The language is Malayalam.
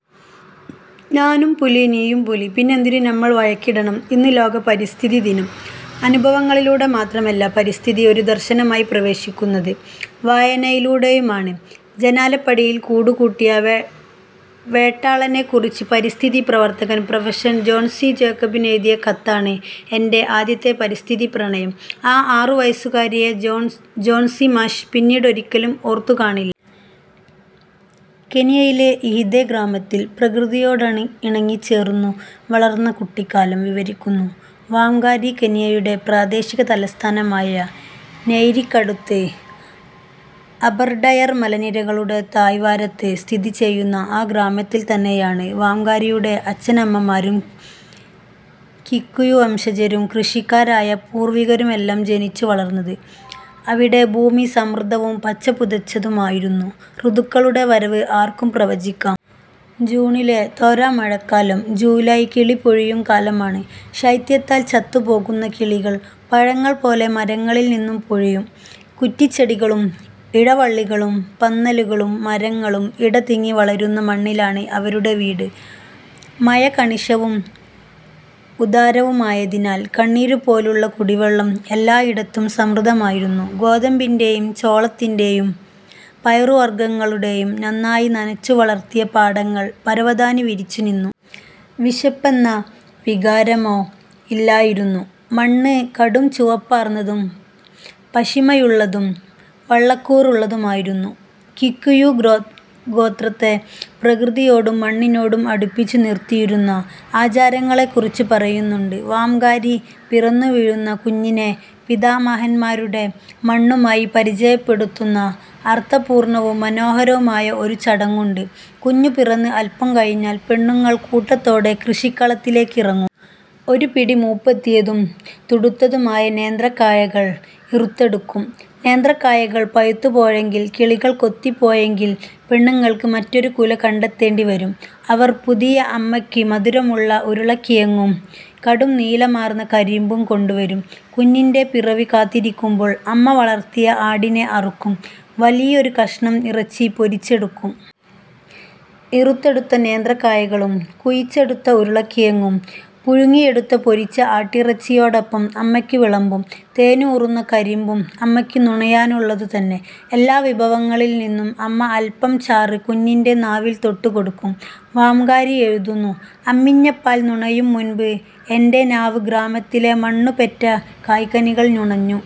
ഞാനും പുലി, നീയും പുലി; പിന്നെന്തിനു നമ്മൾ വഴക്കിടണം! ഇന്ന് ലോക പരിസ്ഥിതിദിനം. അനുഭവങ്ങളിലൂടെ മാത്രമല്ല പരിസ്ഥിതി ഒരു ദർശനമായി പ്രവേശിക്കുന്നത്; വായനയിലൂടെയുമാണ്. ജനാലപ്പടിയിൽ കൂടുകൂട്ടിയ വേട്ടാളനെക്കുറിച്ച് പരിസ്ഥിതി പ്രവർത്തകൻ പ്രഫ. ജോൺസി ജേക്കബിനെഴുതിയ കത്താണ് എന്റെ ആദ്യത്തെ പരിസ്ഥിതി പ്രണയം. ആ ആറുവയസ്സുകാരിയെ ജോൺസി മാഷ് പിന്നീടൊരിക്കലും ഓർത്തുകാണില്ല. കെനിയയിലെ ഇഹിതെ ഗ്രാമത്തിൽ പ്രകൃതിയോടിണങ്ങിച്ചേർന്നു വളർന്ന കുട്ടിക്കാലം വിവരിക്കുന്നു വാംഗാരി. കെനിയയുടെ പ്രാദേശിക തലസ്ഥാനമായ നെയ്രിക്കടുത്ത്, അബർഡയർ മലനിരകളുടെ താഴ്വാരത്ത് സ്ഥിതി ചെയ്യുന്ന ആ ഗ്രാമത്തിൽ തന്നെയാണ് വാംഗാരിയുടെ അച്ഛനമ്മമാരും, കിക്കുയു വംശജരും കൃഷിക്കാരായ പൂർവികരുമെല്ലാം ജനിച്ചു വളർന്നത്. അവിടെ ഭൂമി സമൃദ്ധവും പച്ച പുതച്ചതുമായിരുന്നു. ഋതുക്കളുടെ വരവ് ആർക്കും പ്രവചിക്കാം. ജൂണിലെ തോരാമഴക്കാലം. ജൂലൈ കിളിപൊഴിയും കാലമാണ്. ശൈത്യത്താൽ ചത്തുപോകുന്ന കിളികൾ പഴങ്ങൾ പോലെ മരങ്ങളിൽ നിന്നു പൊഴിയും. കുറ്റിച്ചെടികളും ഇഴവള്ളികളും പന്നലുകളും മരങ്ങളും ഇടതിങ്ങി വളരുന്ന മണ്ണിലാണ് അവരുടെ വീട്. മഴ കണിശവും ഉദാരവുമായതിനാൽ കണ്ണീരുപോലുള്ള കുടിവെള്ളം എല്ലായിടത്തും സമൃദ്ധമായിരുന്നു. ഗോതമ്പിന്റെയും ചോളത്തിന്റെയും പയറുവർഗ്ഗങ്ങളുടെയും നന്നായി നനച്ചു വളർത്തിയ പാടങ്ങൾ പരവതാനി വിരിച്ചു നിന്നു. വിശപ്പെന്ന വികാരമോ ഇല്ലായിരുന്നു. മണ്ണ് കടുംചുവപ്പാർന്നതും പശിമയുള്ളതും വളക്കൂറുള്ളതുമായിരുന്നു. കിക്കുയു ഗോത്രത്തെ പ്രകൃതിയോടും മണ്ണിനോടും അടുപ്പിച്ചു നിർത്തിയിരുന്ന ആചാരങ്ങളെ കുറിച്ചു പറയുന്നുണ്ട് വാംഗാരി. പിറന്നുവീഴുന്ന കുഞ്ഞിനെ പിതാമഹന്മാരുടെ മണ്ണുമായി പരിചയപ്പെടുത്തുന്ന അർഥപൂർണവും മനോഹരവുമായ ഒരു ചടങ്ങുണ്ട്. കുഞ്ഞു പിറന്ന് അൽപം കഴിഞ്ഞാൽ പെണ്ണുങ്ങൾ കൂട്ടത്തോടെ കൃഷിക്കളത്തിലേക്കിറങ്ങും. ഒരു പിടി മൂപ്പെത്തിയതും തുടുത്തതുമായ നേന്ത്രക്കായകൾ ഇറുത്തെടുക്കും. നേന്ത്രക്കായകൾ പഴുത്തുപോയെങ്കിൽ, കിളികൾ കൊത്തിപ്പോയെങ്കിൽ പെണ്ണുങ്ങൾക്കു മറ്റൊരു കുല കണ്ടെത്തേണ്ടി വരും. അവർ പുതിയ അമ്മയ്ക്ക് മധുരമുള്ള ഉരുളക്കിഴങ്ങും കടുംനീലമാർന്ന കരിമ്പും കൊണ്ടുവരും. കുഞ്ഞിന്റെ പിറവി കാത്തിരിക്കുമ്പോൾ അമ്മ വളർത്തിയ ആടിനെ അറുക്കും. വലിയൊരു കഷണം ഇറച്ചി പൊരിച്ചെടുക്കും. ഇറുത്തെടുത്ത നേന്ത്രക്കായകളും കുഴിച്ചെടുത്ത ഉരുളക്കിഴങ്ങും പുഴുങ്ങിയെടുത്തു പൊരിച്ച ആട്ടിറച്ചിയോടൊപ്പം അമ്മയ്ക്കു വിളമ്പും. തേനൂറുന്ന കരിമ്പും അമ്മയ്ക്ക് നുണയാനുള്ളതു തന്നെ. എല്ലാ വിഭവങ്ങളിൽ നിന്നും അമ്മ അൽപം ചാറ് കുഞ്ഞിന്റെ നാവിൽ തൊട്ടു കൊടുക്കും. വാംഗാരി എഴുതുന്നു-അമ്മിഞ്ഞപ്പാൽ നുണയും മുൻപ് എന്റെ നാവ് ഗ്രാമത്തിലെ മണ്ണു പെറ്റ കായ്കനികൾ നുണഞ്ഞു.